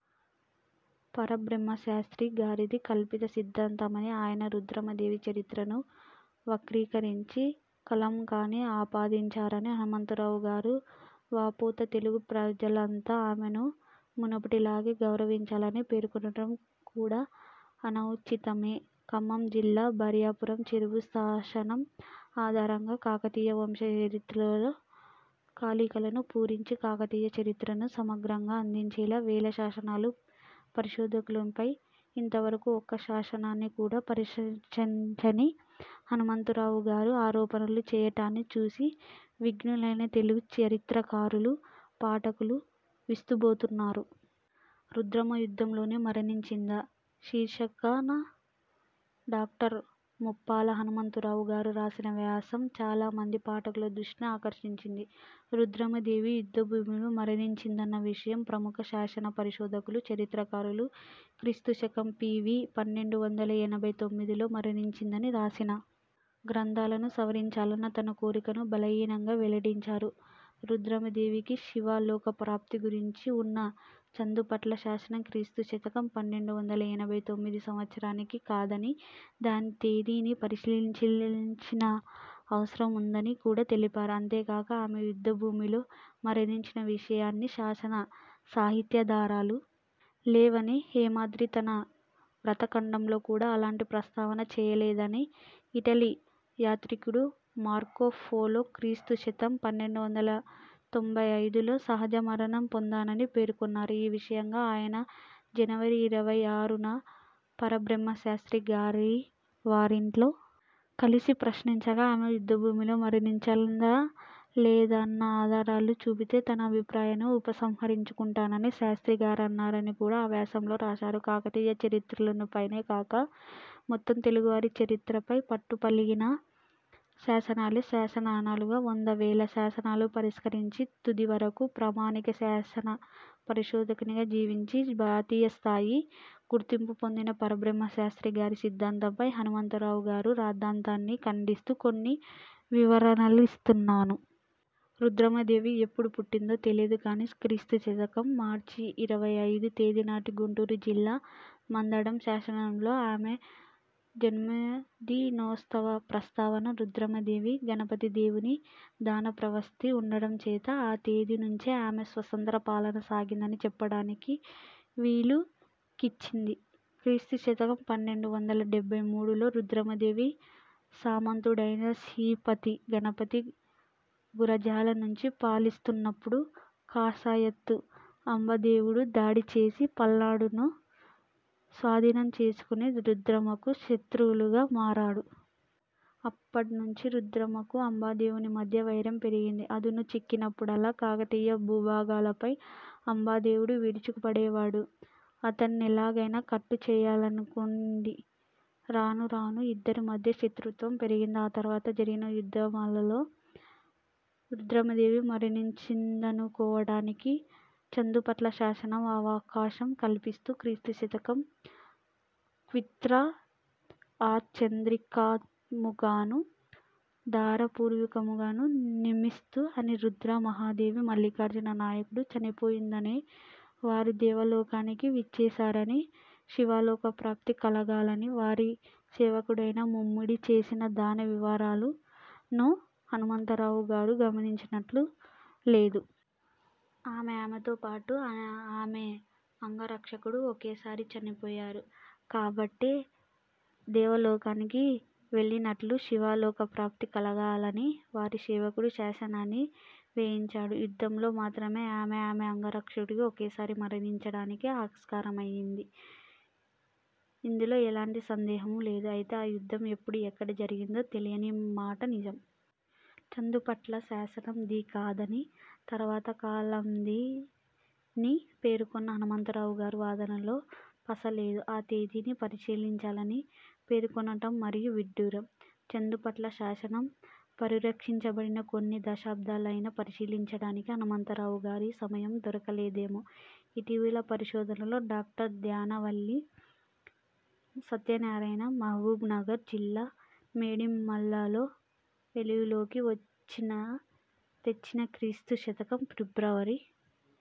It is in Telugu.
పరబ్రహ్మ శాస్త్రి గారిది కల్పిత సిద్ధాంతమనీ, ఆయన రుద్రమదేవి చరిత్రను వక్రీకరించి, కళంకాన్ని ఆపాదించారని హనుమంతరావు గారు వాపోతూ, తెలుగు ప్రజలంతా ఆమెను మునుపటిలానే గౌరవించాలని పేర్కొనటం కూడా అనౌచిత్యమే. ఖమ్మం జిల్లా బయ్యా పురం చెరువు శాసనం ఆధారంగా, కాకతీయ వంశ చరిత్రలో ఖాళీకాలను పూరించి, కాకతీయ చరిత్రను సమగ్రంగా అందించేలా వేల శాసనా లు పరిశోధకునిపై, ఇంతవరకూ ఒక్క శాసనాన్ని కూడా పరిష్కరించని హనుమంతరావు గారు ఆరోపణలు చేయటాన్ని చూసి విజ్ఞులైన తెలుగు చరిత్రకారులు, పాఠకులు విస్తుపోతున్నారు. 'రుద్రమ యుద్ధంలోనే మరణించిందా? ' శీర్షికన డాక్టర్ ముప్పాళ్ల హనుమంతరావు గారు రాసిన వ్యాసం చాలామంది పాఠకుల దృష్టిని ఆకర్షించింది. రుద్రమదేవి, యుద్ధభూమిలో మరణించిందన్న విషయం ప్రముఖ శాసన పరిశోధకులు, చరిత్రకారులు క్రీస్తు శకం పి. వి. పన్నెండు వందల ఎనభై తొమ్మిదిలో మరణించిందని రాసిన గ్రంథాలను సవరించాలన్న తన కోరికను బలీయంగా వెల్లడించారు రుద్రమదేవికి శివలోకప్రాప్తి గురించి ఉన్న చందుపట్ల శాసనం క్రీస్తు శథాకం పన్నెండు వందల ఎనభై తొమ్మిది సంవత్సరానిది కాదనీ, దాని తేదీని పరిశీలించాల్సిన అవసరముందని కూడా తెలిపారు అంతేకాక ఆమె యుద్ధభూమిలో మరణించిన విషయానికి శాసన, సాహిత్యాధారాలు లేవనీ, హేమాద్రి తన వ్రత ఖండంలో కూడా అలాంటి ప్రస్తావన చేయలేదనీ, ఇటలీ యాత్రికుడు మార్కో పోలో క్రీస్తు శకం పన్నెండు వందల తొంభై ఐదులో సహజ మరణం పొందిందని పేర్కొన్నారు ఈ విషయంగా ఆయన, జనవరి ఇరవై ఆరున పరబ్రహ్మ శాస్ర్తి గారి వారింట్లో కలిసి, ప్రశ్నించగా, ఆమె యుద్ధభూమిలో మరణించ లేదన్న ఆధారాలు చూపితే తన అభిప్రాయాన్ని ఉపసంహరించు కుంటానని శాస్ర్తి గారన్నారని కూడా ఆ వ్యాసంలో రాశారు కాకతీయ చరిత్రపైనే కాక, మొత్తం తెలుగువారి చరిత్రపై పట్టుగలిగి, శాసనాలే శ్వాసనాళాలుగా, వందల, వేల శాసనాలను పరిష్కరించి, తుదివరకూ ప్రామాణిక శాసన పరిశోధకునిగా జీవించి, జాతీయస్థాయి గుర్తింపు పొందిన పరబ్రహ్మశాస్ర్తి గారి సిద్ధాంతంపై, హనుమంతరావు గారి రాద్ధాంతాన్ని ఖండిస్తూ, కొన్ని వివరణలనిస్తున్నాను. రుద్రమదేవి ఎప్పుడు పుట్టిందో తెలియదు గానీ, క్రీస్తు శకం మార్చి ఇరవై ఐదువ తేదీనాటి గుంటూరు జిల్లా మందడం శాసనంలో, ఆమె జన్మదినోత్సవ ప్రస్తావన, రుద్రమదేవి, గణపతిదేవుని దానప్రసక్తి ఉండటం చేత, ఆ తేదీ నుంచే ఆమె స్వతంత్ర పాలన సాగిందని చెప్పటానికి వీలుచిక్కింది. క్రీస్తు శకం పన్నెండు వందల డెబ్బై మూడులో రుద్రమదేవి సామంతుడైన శ్రీపతి గణపతి గురజాల నుంచి పాలిస్తున్నపుడు, కసయేతు అంబదేవుడు దాడిచేసి పల్నాడును స్వాధీనం చేసుకొని రుద్రమకు శత్రువులుగా మారాడు. అప్పట్నించి రుద్రమకు, అంబదేవునికీ మధ్య వైరం పెరిగింది. అదును చిక్కినప్పుడల్లా, కాకతీయ భూభాగాలపై అంబదేవుడు విరుచుకుపడేవాడు. అతన్నెలాగైనా కటు చేయాలనుకొంది. రానురానూ ఇద్దరి మధ్యా శత్రుత్వం పెరిగింది. ఆ తరువాత జరిగిన యుద్ధాల్లో రుద్రమదేవి మరణించిందనుకోవటానికి చందుపట్ల శాసనం అవకాశం కల్పిస్తుంది. క్రీస్తు శ థాకం క్వ్రిత్తఅచంద్రాక్కముగాను ధారాపూర్వకముగా నిస్తిమి' అని రుద్ర మహాదేవి, మల్లికార్జున నాయుడు, చనిపోయినందునే, వారు దేవలోకానికి విచ్చేశారనీ, శివలోక ప్రాప్తి కలగాలని వారి సేవకుడైన ముమ్మడి చేసిన దాన వివరా లును హనుమంతరావు గారు గమనించినట్లు లేదు. ఆమె, ఆమెతో పాటు ఆమె అంగరక్షకుడు ఒకేసారి చనిపోయారు గాబట్టే, దేవలోకానికి వెళ్లినట్లు, శివలోక ప్రాప్తి కలగాలని వారి సేవకుడు శాసనాన్ని వేయించాడు. యుద్ధంలో మాత్రమే ఆమె, ఆమె అంగరక్షకుడూ ఒకేసారి మరణించటానికి ఆస్కారముంది. ఇందులో ఎలాంటి సందేహమూ లేదు. అయితే, ఆ యుద్ధం, ఎప్పుడు, ఎక్కడ జరిగిందో తెలియని మాట నిజం. చందుపట్ల శాసనం ది కాదనీ, తరువాతి కాలందనీ పేర్కొన్న హనుమంతరావు గారి వాదనలో పస లేదు. ఆ తేదీని పరిశీలించాలని పేర్కొనటం మరీ విడ్డూరం. చందుపట్ల శాసనం ప్రచురించబడిన కొన్ని దశాబ్దాలైనా, పరిశీలించటానికి హనుమంతరావు గారికి సమయం దొరకలేదేమో! ఇటీవలి పరిశోధనలో డాక్టర్ ద్యావన వల్లి సత్యనారాయణ, మహబూబ్నగర్ జిల్లా మేడిమల్కల్లో వెలుగులోకి వాచ్చిన, క్రీస్తు శ థాకం ఫిబ్రవరి